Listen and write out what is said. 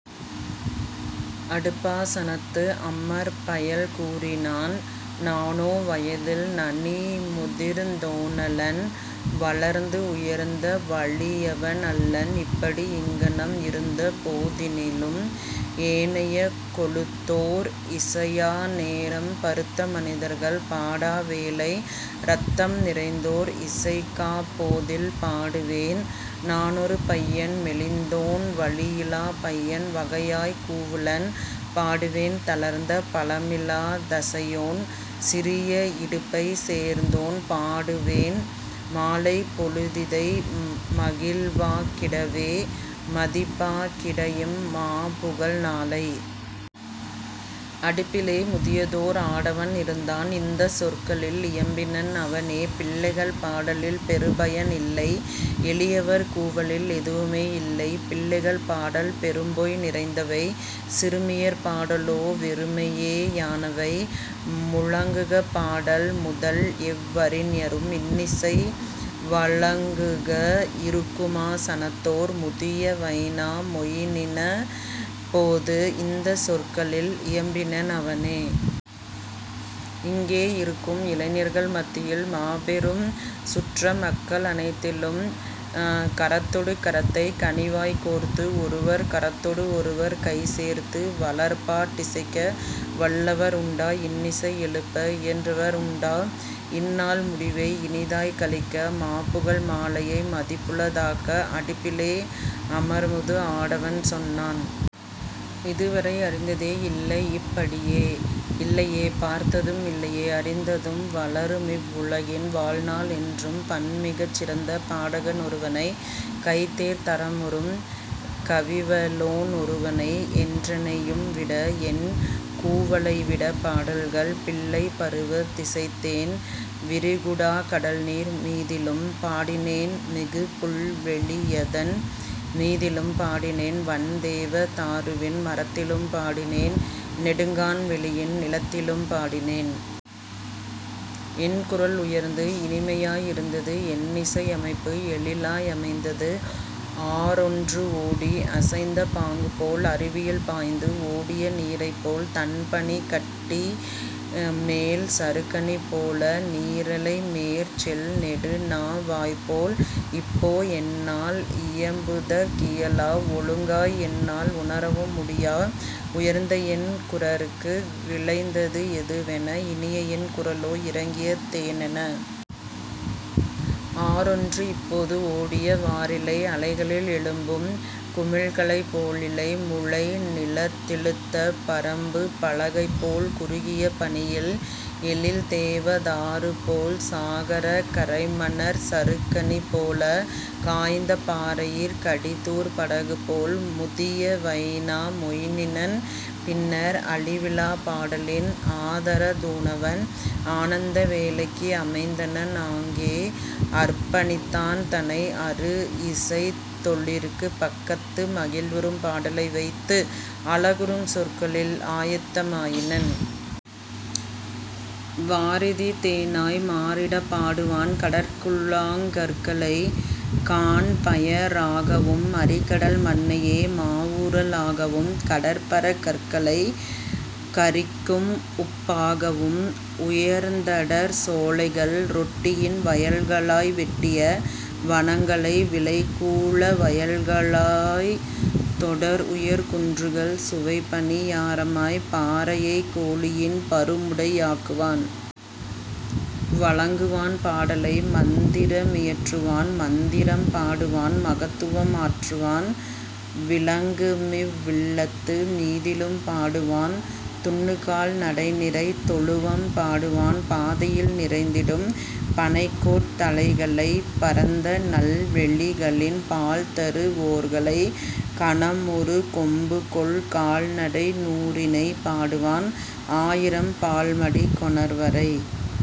அடுப்பா சனத்து அமர்பயல் கூறினான். நானோ வயதில் நனிமுதிர்ந் தோனலன் வளர்ந்து உயர்ந்த வலியவன் அல்லன். இப்படி இங்ஙனம் இருந்தபோ தினிலும் ஏனைய கொழுத்தோர் இசையா நேரம் பருத்த மனிதர்கள் பாடா வேளை இரத்தம் நிறைந்தோர் இசைக்காப் போதில் பாடுவேன் நானொரு பையன் மெலிந்தோன் வலியிலாப் பையன் வகையாய்க் கூவுவன் பாடுவேன் தளர்ந்த பலமிலாத் தசையோன் சிறிய இடுப்பைச் சேர்ந்தோன் பாடுவேன் மாலைப் பொழுதிதை மகிழ்வாக் கிடவே மதிப்பாக் கிடஇம் மாபுகழ் நாளை. அடுப்பிலே முதியதோர் ஆடவன் இருந்தான். இந்தச் சொற்களில் இயம்பினன் அவனே. பிள்ளைகள் பாடலில் பெறுபயன் இல்லை எளியவர் கூவலில் எதுவுமே யில்லை பிள்ளைகள் பாடல் பெரும்பொய் நிறைந்தவை சிறுமியர் பாடலோ வெறுமையே யானவை. முழங்குக பாடல் முதல்எவ் வறிஞரும் இன்னிசை வழங்குக இருக்குமா சனத்தோர். முதிய வைனா மொயினனப் போது இந்தச் சொற்களில் இயம்பினன் அவனே. இங்கே இருக்கும் இளைஞர்கள் மத்தியில் மாபெரும் சுற்ற மக்கள் அனைத்திலும் கரத்தொடு கரத்தைக் கனிவாய்க் கோர்த்து ஒருவர் கரத்தொடு ஒருவர்கை சேர்த்து வளர்பாட் டிசைக்க வல்லவர் உண்டா. இன்னிசை எழுப்ப இயன்றவர் உண்டா. இந்நாள் முடிவை இனிதாய்க் கழிக்க மாபுகழ் மாலையை மதிப்புள தாக்க. அடுப்பிலே அமர்முது ஆடவன் சொன்னான். இதுவரை அறிந்ததே இல்லைஇப் படியே இல்லையே பார்த்ததும் இல்லையே அறிந்ததும் வளருமிவ் வுலகின் வாழ்நாள் என்றும் பண்மிகச் சிறந்த பாடகன் ஒருவனை கைதேர் தரமுறும் கவிவலோன் ஒருவனை என்றனை யும்விட என்கூ வலைவிட பாடல்கள் பிள்ளைப் பருவத் திசைத்தேன் விரிகுடாக் கடல்நீர் மீதிலும் பாடினேன் மிகுபுல் வெளியதன் மீதிலும் பாடினேன் வண்தேவ தாருவின் மரத்திலும் பாடினேன் நெடுங்கான் வெளியின் நிலத்திலும் பாடினேன். என்குரல் உயர்ந்து இனிமையாய் இருந்தது என்னிசை யமைப்பு எழிலாய் அமைந்தது ஆறொன்று ஓடி அசைந்த பாங்குபோல் அருவியில் பாய்ந்து ஓடிய நீரைப்போல் தண்பனிக் கட்டிமேல் சறுக்கணி போல நீரலை மேற்செல் நெடுநா வாய்போல். இப்போ என்னால் இயம்புதற் கியலா ஒழுங்காய் என்னால் உணரவும் முடியா உயர்ந்தஎன் குரற்கு விளைந்தது எதுவென இனியஎன் குரலோ இறங்கிய தேனென. ஆறொன்று இப்போது ஓடிய வாறிலை அலைகளில் எழும்பும் குமிழ்களைப் போலிலை முளைநிலத் திழுத்த பரம்புப் பலகைபோல் இறுகிய பனியில் எழில்தேவ தாருபோல் சாகரக் கரைமணற் சறுக்கணி போல காய்ந்த பாறையிற் கடிதூர் படகுபோல். முதிய வைனா மொயினன் பின்னர் அழிவிலாப் பாடலின் ஆதரத் தூணவன் ஆனந்த வேலைக்கு அமைந்தனன் ஆங்கே அர்ப்பணித் தான்தனை அருஇசைத் தொழிற்கு பக்கத்து மகிழ்வுறும் பாடலை வைத்து அழகுறும் சொற்களில் ஆயத்த மாயினன். வாரிதி தேனாய் மாறிடப் பாடுவான் கடற்குழாங் கற்களை காண் பய றாகவும் மறிகடல் மண்ணையே மாவூற லாகவும் கடற்பரற் கற்களைக் கரிக்கும்உப் பாகவும் உயர்ந்தடர் சோலைகள் ரொட்டியின் வயல்களாய் வெட்டிய வனங்களை விளைகூல வயல்களாய் தொடர்உயர் குன்றுகள் சுவைப்பணி யாரமாய் பாறையைக் கோழியின் பருமுடை யாக்குவான். வழங்குவான் பாடலை மந்திர மியற்றுவான் மந்திரம் பாடுவான் மகத்துவம் ஆற்றுவான் விழங்குமிவ் வில்லத்து மீதிலும் பாடுவான் துன்னுகால் நடைநிறை தொழுவம் பாடுவான் பாதையில் நிறைந்திடும் பணைக்கோட் தலைகளை பரந்தநல் வெளிகளின் பால்தரு வோர்களை கனமுறு கொம்புகொள் கால்நடை நூறினை பாடுவான் ஆயிரம் பால்மடி கொணர்வரை.